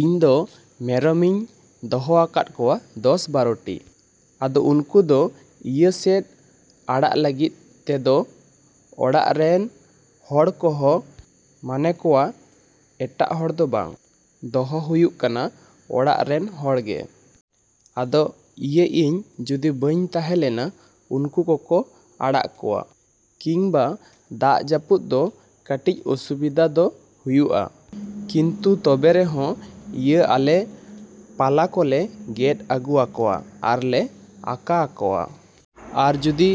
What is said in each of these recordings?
‎ᱤᱧ ᱫᱚ ᱢᱮᱨᱚᱢ ᱤᱧ ᱫᱚᱦᱚ ᱟᱠᱟᱫ ᱠᱚᱣᱟ ᱫᱚᱥᱼᱵᱟᱨᱚᱴᱤ᱾ ᱟᱫᱚ ᱩᱱᱠᱩ ᱫᱚ ᱤᱭᱟᱹ ᱥᱮᱫ ᱟᱲᱟᱜ ᱞᱟᱹᱜᱤᱫ ᱛᱮᱫᱚ ᱚᱲᱟᱜ ᱨᱮᱱ ᱦᱚᱲ ᱠᱚᱦᱚᱸ ᱢᱟᱱᱮ ᱠᱚᱣᱟ ᱮᱴᱟᱜ ᱦᱚᱲ ᱫᱚ ᱵᱟᱝ, ᱫᱚᱦᱚ ᱦᱩᱭᱩᱜ ᱠᱟᱱᱟ ᱚᱲᱟᱜ ᱨᱮᱱ ᱦᱚᱲ ᱜᱮ᱾ ᱟᱫᱚ ᱤᱭᱟᱹ ᱤᱧ ᱡᱩᱫᱤ ᱵᱟᱹᱧ ᱛᱟᱦᱮᱸ ᱞᱮᱱᱟ ᱩᱱᱠᱩ ᱠᱚᱠᱚ ᱟᱲᱟᱜ ᱠᱚᱣᱟ ᱠᱤᱱᱵᱟ ᱫᱟᱜ ᱡᱟᱹᱯᱩᱫ ᱫᱚ ᱠᱟᱹᱴᱤᱡ ᱚᱥᱩᱵᱤᱫᱷᱟ ᱫᱚ ᱦᱩᱭᱩᱜᱼᱟ᱾ ᱠᱤᱱᱛᱩ ᱛᱚᱵᱮ ᱨᱮᱦᱚᱸ ᱤᱭᱟᱹ ᱟᱞᱮ ᱯᱟᱞᱟ ᱠᱚᱞᱮ ᱜᱮᱫ ᱟᱹᱜᱩ ᱟᱠᱚᱣᱟ ᱟᱨ ᱞᱮ ᱟᱠᱟ ᱟᱠᱚᱣᱟ᱾ ᱟᱨ ᱡᱩᱫᱤ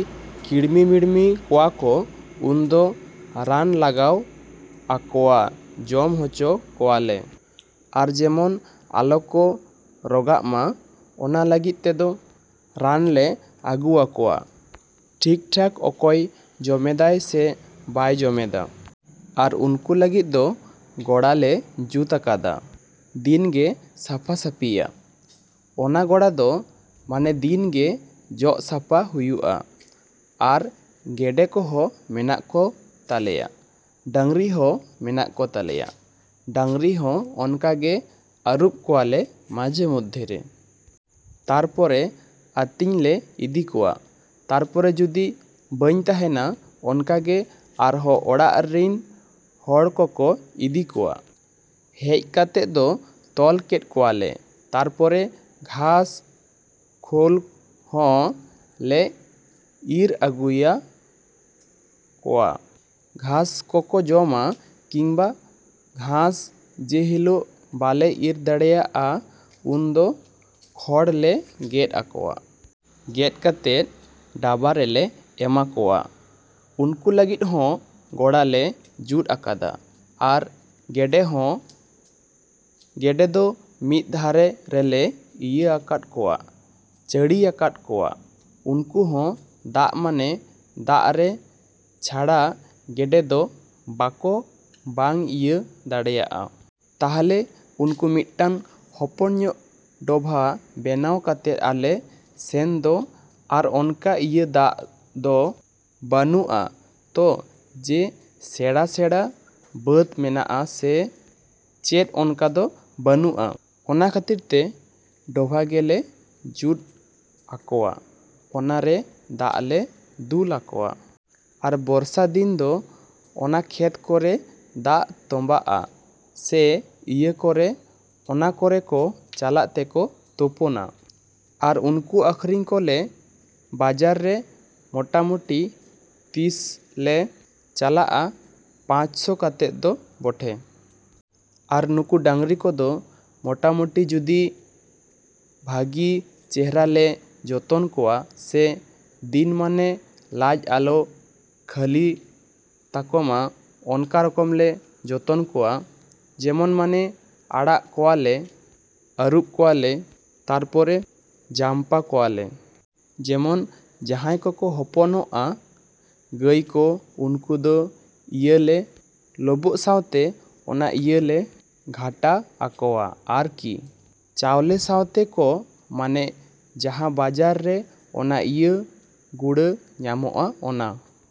ᱠᱤᱲᱢᱤᱼᱢᱤᱲᱢᱤ ᱠᱚᱣᱟ ᱠᱚ ᱩᱱ ᱫᱚ ᱨᱟᱱ ᱞᱟᱜᱟᱣ ᱟᱠᱚᱣᱟ ᱡᱚᱢ ᱦᱚᱪᱚ ᱠᱚᱣᱟ ᱞᱮ᱾ ᱟᱨ ᱡᱮᱢᱚᱱ ᱟᱞᱚᱠᱚ ᱨᱚᱜᱟᱜ ᱢᱟ ᱚᱱᱟ ᱞᱟᱹᱜᱤᱫ ᱛᱮᱫᱚ ᱨᱟᱱ ᱞᱮ ᱟᱹᱜᱩ ᱟᱠᱚᱣᱟ ᱴᱷᱤᱠ ᱴᱷᱟᱠ ᱚᱠᱚᱭ ᱡᱚᱢᱮᱫᱟᱭ ᱥᱮ ᱵᱟᱭ ᱡᱚᱢᱮᱫᱟ᱾ ᱟᱨ ᱩᱱᱠᱩ ᱞᱟᱹᱜᱤᱫ ᱫᱚ ᱜᱚᱲᱟ ᱞᱮ ᱡᱩᱫ ᱟᱠᱟᱫᱼᱟ, ᱫᱤᱱ ᱜᱮ ᱥᱟᱯᱷᱟᱼᱥᱟᱯᱷᱤᱭᱟ᱾ ᱚᱱᱟ ᱜᱚᱲᱟ ᱫᱚ ᱢᱟᱱᱮ ᱫᱤᱱ ᱜᱮ ᱡᱚᱜ ᱥᱟᱯᱷᱟ ᱦᱩᱭᱩᱜᱼᱟ᱾ ᱟᱨ ᱜᱮᱰᱮ ᱠᱚᱦᱚᱸ ᱢᱮᱱᱟᱜ ᱠᱚ ᱛᱟᱞᱮᱭᱟ, ᱰᱟᱝᱨᱤ ᱦᱚᱸ ᱢᱮᱱᱟᱜ ᱠᱚ ᱛᱟᱞᱮᱭᱟ᱾ ᱰᱟᱝᱨᱤ ᱦᱚᱸ ᱚᱱᱠᱟ ᱜᱮ ᱟᱹᱨᱩᱵ ᱠᱚᱣᱟ ᱞᱮ ᱢᱟᱡᱷᱮᱼᱢᱚᱫᱷᱮ ᱨᱮ᱾ ᱛᱟᱨᱯᱚᱨᱮ ᱟᱛᱤᱧ ᱞᱮ ᱤᱫᱤ ᱠᱚᱣᱟ᱾ ᱛᱟᱨᱯᱚᱨᱮ ᱡᱩᱫᱤ ᱵᱟᱹᱧ ᱛᱟᱦᱮᱱᱟ ᱚᱱᱠᱟ ᱜᱮ ᱟᱨᱦᱚᱸ ᱚᱲᱟᱜ ᱨᱤᱱ ᱦᱚᱲ ᱠᱚᱠᱚ ᱤᱫᱤ ᱠᱚᱣᱟ᱾ ᱦᱮᱡ ᱠᱟᱛᱮᱫ ᱫᱚ ᱛᱚᱞ ᱠᱮᱫ ᱠᱚᱣᱟ ᱞᱮ᱾ ᱛᱟᱨᱯᱚᱨᱮ ᱜᱷᱟᱸᱥ ᱠᱷᱚᱞ ᱦᱚᱸ ᱞᱮ ᱤᱨ ᱟᱹᱜᱩᱣᱟ ᱠᱚᱣᱟ, ᱜᱷᱟᱸᱥ ᱠᱚᱠᱚ ᱡᱚᱢᱟ ᱠᱤᱱᱵᱟ ᱜᱷᱟᱸᱥ ᱡᱮ ᱦᱤᱞᱚᱜ ᱵᱟᱞᱮ ᱤᱨ ᱫᱟᱲᱮᱭᱟᱜᱼᱟ ᱩᱱ ᱫᱚ ᱠᱷᱚᱲ ᱞᱮ ᱜᱮᱫ ᱟᱠᱚᱣᱟ᱾ ᱜᱮᱫ ᱠᱟᱛᱮᱫ ᱰᱟᱵᱟ ᱨᱮᱞᱮ ᱮᱢᱟ ᱠᱚᱣᱟ᱾ ᱩᱱᱠᱩ ᱞᱟᱹᱜᱤᱫ ᱦᱚᱸ ᱜᱚᱲᱟ ᱞᱮ ᱡᱩᱫ ᱟᱠᱟᱫᱟ᱾ ᱟᱨ ᱜᱮᱰᱮ ᱦᱚᱸ, ᱜᱮᱰᱮ ᱫᱚ ᱢᱤᱫ ᱫᱷᱟᱨᱮ ᱨᱮᱞᱮ ᱤᱭᱟᱹ ᱟᱠᱟᱫ ᱠᱚᱣᱟ, ᱪᱟᱹᱲᱤ ᱟᱠᱟᱫ ᱠᱚᱣᱟ᱾ ᱩᱱᱠᱩ ᱦᱚᱸ ᱫᱟᱜ ᱢᱟᱱᱮ ᱫᱟᱜ ᱨᱮ ᱪᱷᱟᱲᱟ ᱜᱮᱰᱮ ᱫᱚ ᱵᱟᱠᱚ ᱵᱟᱝ ᱤᱭᱟᱹ ᱫᱟᱲᱮᱭᱟᱜᱼᱟ᱾ ᱛᱟᱦᱚᱞᱮ ᱩᱱᱠᱩ ᱢᱤᱫᱴᱟᱝ ᱦᱚᱯᱚᱱ ᱧᱚᱜ ᱰᱚᱵᱷᱟ ᱵᱮᱱᱟᱣ ᱠᱟᱛᱮᱫ ᱟᱞᱮ ᱥᱮᱱ ᱫᱚ ᱟᱨ ᱚᱱᱠᱟ ᱤᱭᱟᱹ ᱫᱟᱜ ᱫᱚ ᱵᱟᱹᱱᱩᱜᱼᱟ ᱛᱚ ᱡᱮ ᱥᱮᱬᱟᱼᱥᱮᱬᱟ ᱵᱟᱸᱫᱽ ᱢᱮᱱᱟᱜᱼᱟ ᱥᱮ ᱪᱮᱫ ᱚᱱᱠᱟ ᱫᱚ ᱵᱟᱹᱱᱩᱜᱼᱟ᱾ ᱚᱱᱟ ᱠᱷᱟᱹᱛᱤᱨ ᱛᱮ ᱰᱚᱵᱷᱟ ᱜᱮ ᱞᱮ ᱡᱩᱫ ᱟᱠᱚᱣᱟ, ᱚᱱᱟ ᱨᱮ ᱫᱟᱜ ᱞᱮ ᱫᱩᱞ ᱟᱠᱚᱣᱟ᱾ ᱟᱨ ᱵᱚᱨᱥᱟ ᱫᱤᱱ ᱫᱚ ᱚᱱᱟ ᱠᱷᱮᱛ ᱠᱚᱨᱮ ᱫᱟᱜ ᱛᱚᱢᱵᱟᱜᱼᱟ ᱥᱮ ᱤᱭᱟᱹ ᱠᱚᱨᱮ ᱚᱱᱟ ᱠᱚᱨᱮ ᱠᱚ ᱪᱟᱞᱟᱜ ᱛᱮᱠᱚ ᱛᱚᱯᱳᱱᱼᱟ᱾ ᱟᱨ ᱩᱱᱠᱩ ᱟᱠᱷᱨᱤᱧ ᱠᱚ ᱞᱮ ᱵᱟᱡᱟᱨ ᱨᱮ ᱢᱚᱴᱟᱼᱢᱚᱴᱤ ᱛᱤᱥ ᱞᱮ ᱪᱟᱞᱟᱜᱼᱟ ᱯᱟᱪ ᱥᱚ ᱠᱟᱛᱮᱫ ᱫᱚ ᱵᱚᱴᱷᱮ᱾ ᱟᱨ ᱱᱩᱠᱩ ᱰᱟᱝᱨᱤ ᱠᱚᱫᱚ ᱢᱚᱴᱟᱼᱢᱚᱴᱤ ᱡᱩᱫᱤ ᱵᱟᱜᱤ ᱪᱮᱨᱦᱟ ᱞᱮ ᱡᱚᱛᱚᱱ ᱠᱚᱣᱟ ᱥᱮ ᱫᱤᱱ ᱢᱟᱱᱮ ᱞᱟᱡ ᱟᱞᱚ ᱠᱷᱟᱹᱞᱤ ᱛᱟᱠᱚ ᱢᱟ ᱚᱱᱠᱟ ᱨᱚᱠᱚᱢ ᱞᱮ ᱡᱚᱛᱚᱱ ᱠᱚᱣᱟ ᱡᱮᱢᱚᱱ ᱢᱟᱱᱮ ᱟᱲᱟᱜ ᱠᱚᱣᱟ ᱞᱮ, ᱟᱹᱨᱩᱵ ᱠᱚᱣᱟ ᱞᱮ, ᱛᱟᱨᱯᱚᱨᱮ ᱡᱟᱢᱯᱟ ᱠᱚᱣᱟ ᱞᱮ᱾ ᱡᱮᱢᱚᱱ ᱡᱟᱦᱟᱭ ᱠᱚᱠᱚ ᱦᱚᱯᱚᱱᱚᱜᱼᱟ ᱜᱟᱭ ᱠᱚ ᱩᱱᱠᱩ ᱫᱚ ᱤᱭᱟᱹ ᱞᱮ ᱞᱚᱵᱚᱜ ᱥᱟᱶᱛᱮ ᱚᱱᱟ ᱤᱭᱟᱹ ᱞᱮ ᱜᱷᱟᱴᱟ ᱟᱠᱚᱣᱟ ᱟᱨ ᱠᱤ᱾ ᱪᱟᱣᱞᱮ ᱥᱟᱶᱛᱮ ᱠᱚ ᱢᱟᱱᱮ ᱡᱟᱦᱟᱸ ᱵᱟᱡᱟᱨ ᱨᱮ ᱚᱱᱟ ᱤᱭᱟᱹ ᱜᱩᱲᱟ. ᱧᱟᱢᱚᱜ ᱟ ᱚᱱᱟ ᱾